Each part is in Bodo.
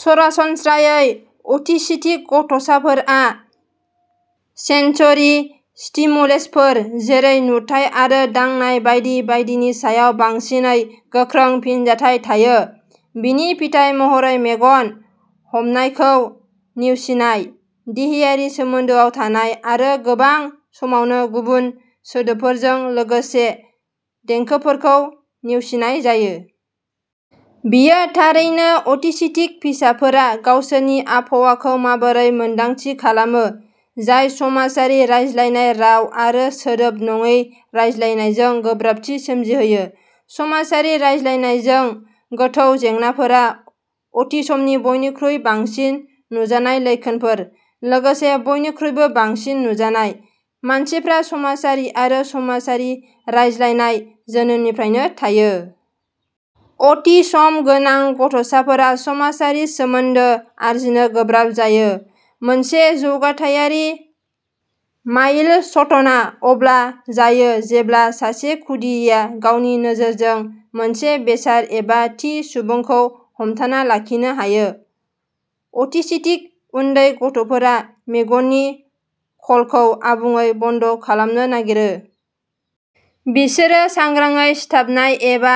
सरासनस्रायै अटिस्टिक गथ'साफोरा सेन्स'रि स्टिमुलेसनफोर जेरै नुथाइ आरो दांनाय बायदि बायदिनि सायाव बांसिन गोख्रों फिनजाथाय थायो। बेनि फिथाय महरै मेगन हमनायखौ नेवसिनाय देहायारि सोमोन्दोआव थानाय, आरो गोबां समावनो गुबुन सोदोबफोरजों लोगोसे देंखोफोरखौ नेवसिनाय जायो। बेयो थारैनो अटिस्टिक फिसाफोरा गावसोरनि आबहावाखौ माबोरै रोंमोन्दांथि खालामो जाय समाजारि रायज्लायनाय राव आरो सोदोब नङै रायज्लायनायजों गोब्राबथि सोमजिहोयो। समाजारि रायज्लायनायजों गोथौ जेंनाफोरा अटिसमनि बयनिख्रुइ बांसिन नुजानाय लैखोनफोर लोगोसे बयनिख्रुइबो बांसिन नुजानाय। मानसिफ्रा समाजारि आरो समाजारि रायज्लायनाय, जोनोमनिफ्रायनो थायो। अटिसम गोनां गथ'साफोरा समाजारि सोमोन्दो आरजिनो गोब्राब जायो। मोनसे जौगाथायारि माइलस्टनआ अब्ला जायो जेब्ला सासे खुदियाया गावनि नोजोरजों मोनसे बेसाद एबा थि सुबुंखौ हमथाना लाखिनो हायो। अटिस्टिक उन्दै गथ'फोरा मेगननि कलखौ आबुङै बन्द' खालामनो नागिरो। बिसोरो सांग्राङै सिथाबनाय एबा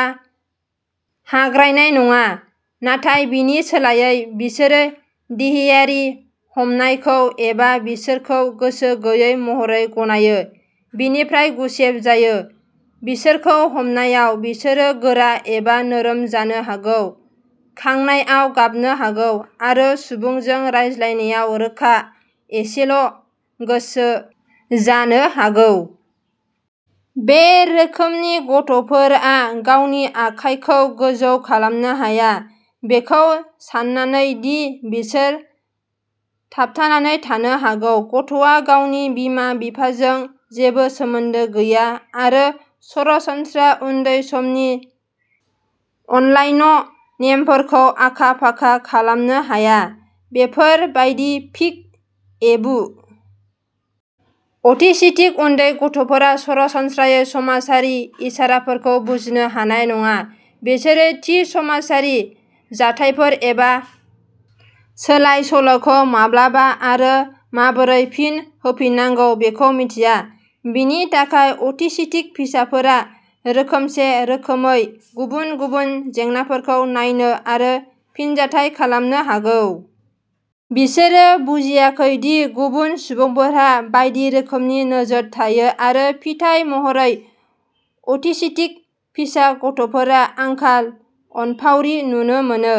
हाग्रायनाय नङा नाथाय बेनि सोलायै बिसोरो देहायारि हमनायखौ एबा बिसोरखौ गोसो गैयै महरै गनायो। बेनिफ्राय गुसेब जायो। बिसोरखौ हमनायाव बिसोर गोरा एबा नोरोम जानो हागौ, खांनायाव गाबनो हागौ, आरो सुबुंजों रायज्लायनायाव रोखा एसेल' गोसो जानो हागौ। बे रोखोमनि गथ'फोरा गावनि आखाइखौ गोजौ खालामनो हाया। बेखौ साननानै दि बिसोर थाबथानानै थानो हागौ। गथ'आ गावनि बिमा-बिफाजों जेबो सोमोन्दो गैया आरो सरासनस्रा उन्दै समनि अनलाइन गेमफोरखौ आखा-फाखा खालामनो हाया। बेफोर बायदि पिक ए बु। अटिस्टिक उन्दै गथ'फोरा सरासनस्रायै समाजारि इसाराफोरखौ बुजिनो हानाय नङा। बिसोरो थि समाजारि जाथायफोर एबा सोलाय-सोल'खौ माब्लाबा आरो माबोरै फिन होफिननांगौ बेखौ मिथिया। बेनि थाखाय अटिस्टिक फिसाफोरा रोखोमसे रोखोमै गुबुन गुबुन जेंनाफोरखौ नायनो आरो फिनजाथाय खालामनो हागौ। बिसोरो बुजियाखै दि गुबुन सुबुंफोरहा बायदि रोखोमनि नोजोर थायो आरो फिथाय महरै अटिस्टिक फिसा गथ'फोरा आंखाल अनफावरि नुनो मोनो।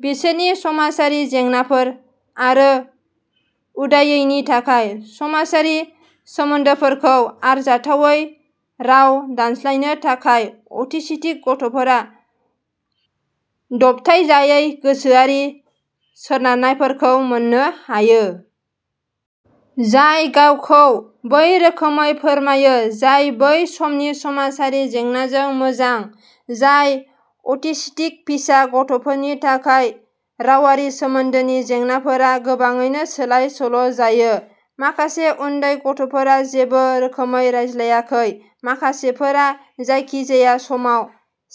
बिसोरनि समाजारि जेंनाफोर आरो उदायैनि थाखाय। समाजारि सोमोन्दोफोरखौ आरजाथावै राव दानस्लायनो थाखाय अटिस्टिक गथ'फोरा दबथायजायै गोसोआरि गोसारनायफोरखौ मोननो हायो। जाय गावखौ बै रोखोमै फोरमायो जाय बै समनि समाजारि जेंनाजों मोजां जाय। अटिस्टिक फिसा गथ'फोरनि थाखाय रावारि सोमोन्दोनि जेंनाफोरा गोबाङैनो सोलाय-सोल' जायो। माखासे उन्दै गथ'फोरा जेबो रोखोमै रायज्लायाखै। माखासेफोरा जायखिजाया समाव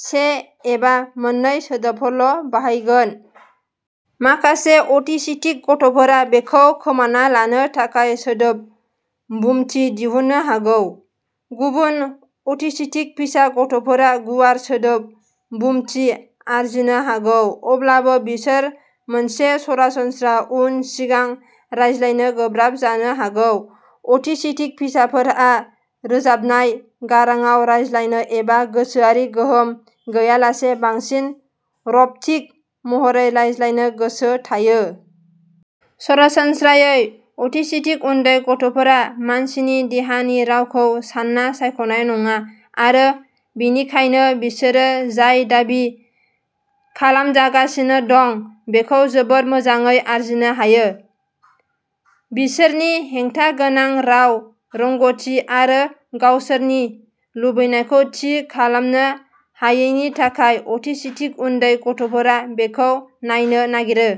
से एबा मोननै सोदोबफोरल' बाहायगोन। माखासे अटिस्टिक गथ'फोरा बेखौ खोमाना लानो थाखाय सोदोब बुमथि दिहुननो हागौ। गुबुन अटिस्टिक फिसा गथ'फोरा गुवार सोदोब बुथुमथि आरजिनो हागौ। अब्लाबो बिसोर मोनसे सरासनस्रा उन सिगां रायज्लायनो गोब्राब जानो हागौ। अटिस्टिक फिसाफोरहा रोजाबनाय गारांआव रायज्लायनो एबा गोसोआरि गोहोम गैयालासे बांसिन रब'टिक महरै रायज्लायनो गोसो थायो। सरासनस्रायै अटिस्टिक उन्दै गथ'फोरा मानसिनि देहानि रावखौ सानना सायख'नाय नङा आरो बेनिखायनो बिसोरो जाय दाबि खालामजागासिनो दं बेखौ जोबोद मोजाङै आरजिनो हायो। बिसोरनि हेंथा गोनां राव रोंग'थि आरो गावसोरनि लुबैनायखौ थि खालामनो हायैनि थाखाय अटिस्टिक उन्दै गथ'फोरा बेखौ नायनो नागिरो।